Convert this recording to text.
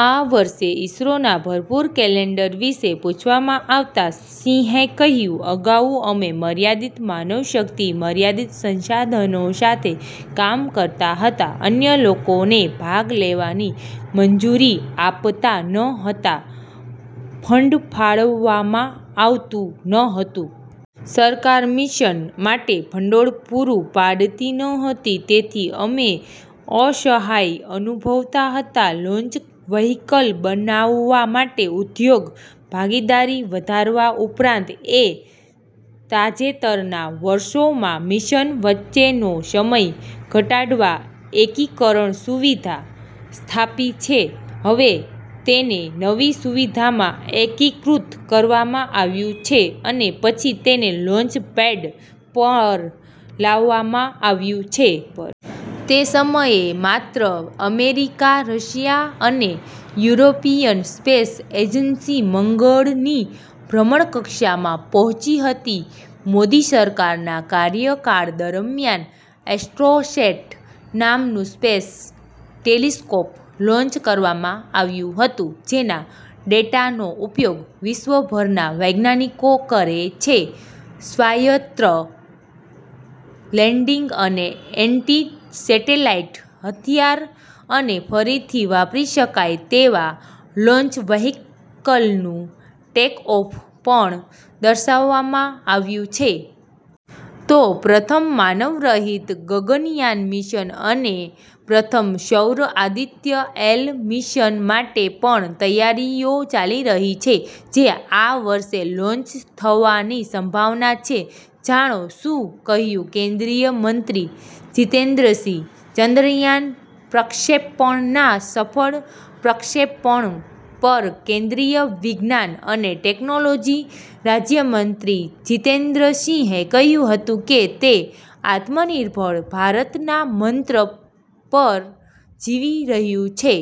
આ વર્ષે ઈસરોના ભરપૂર કેલેન્ડર વિશે પૂછવામાં આવતા સિંહે કહ્યું, "અગાઉ અમે મર્યાદિત માનવશક્તિ, મર્યાદિત સંસાધનો સાથે કામ કરતા હતા. અન્ય લોકોને ભાગ લેવાની મંજૂરી આપતા ન હતા. ફંડ ફાળવવામાં આવતું ન હતું. સરકાર મિશન માટે ભંડોળ પૂરું પાડતી ન હતી. તેથી અમે અસહાય અનુભવતા હતા. લોન્ચ વ્હીકલ બનાવવા માટે ઉદ્યોગ ભાગીદારી વધારવા ઉપરાંત, એ તાજેતરના વર્ષોમાં મિશન વચ્ચેનો સમય ઘટાડવા એકીકરણ સુવિધા સ્થાપી છે. હવે, તેને નવી સુવિધામાં એકીકૃત કરવામાં આવ્યું છે અને પછી તેને લોન્ચ પેડ પર લાવવામાં આવ્યું છે. તે સમયે માત્ર અમેરિકા, રશિયા અને યુરોપિયન સ્પેસ એજન્સી મંગળની ભ્રમણકક્ષામાં પહોંચી હતી. મોદી સરકારના કાર્યકાળ દરમિયાન એસ્ટ્રોસેટ નામનું સ્પેસ ટેલિસ્કોપ લોન્ચ કરવામાં આવ્યું હતું, જેના ડેટાનો ઉપયોગ વિશ્વભરના વૈજ્ઞાનિકો કરે છે. સ્વાયત્ત લેન્ડિંગ અને એન્ટી-સેટેલાઇટ હથિયાર અને ફરીથી વાપરી શકાય તેવા લોન્ચ વ્હીકલનું ટેકઓફ પણ દર્શાવવામાં આવ્યું છે. તો, પ્રથમ માનવરહિત ગગનયાન મિશન અને પ્રથમ સૌર આદિત્ય એલ મિશન માટે પણ તૈયારીઓ ચાલી રહી છે, જે આ વર્ષે લોન્ચ થવાની સંભાવના છે. જાણો શું કહ્યું કેન્દ્રીય મંત્રી જીતેન્દ્ર સિંહ? ચંદ્રયાન પ્રક્ષેપણના સફળ પ્રક્ષેપણ પર કેન્દ્રીય વિજ્ઞાન અને ટેકનોલોજી રાજ્ય મંત્રી જિતેન્દ્ર સિંહે કહ્યું હતું કે, તે આત્મનિર્ભર ભારતના મંત્ર પર જીવી રહ્યું છે.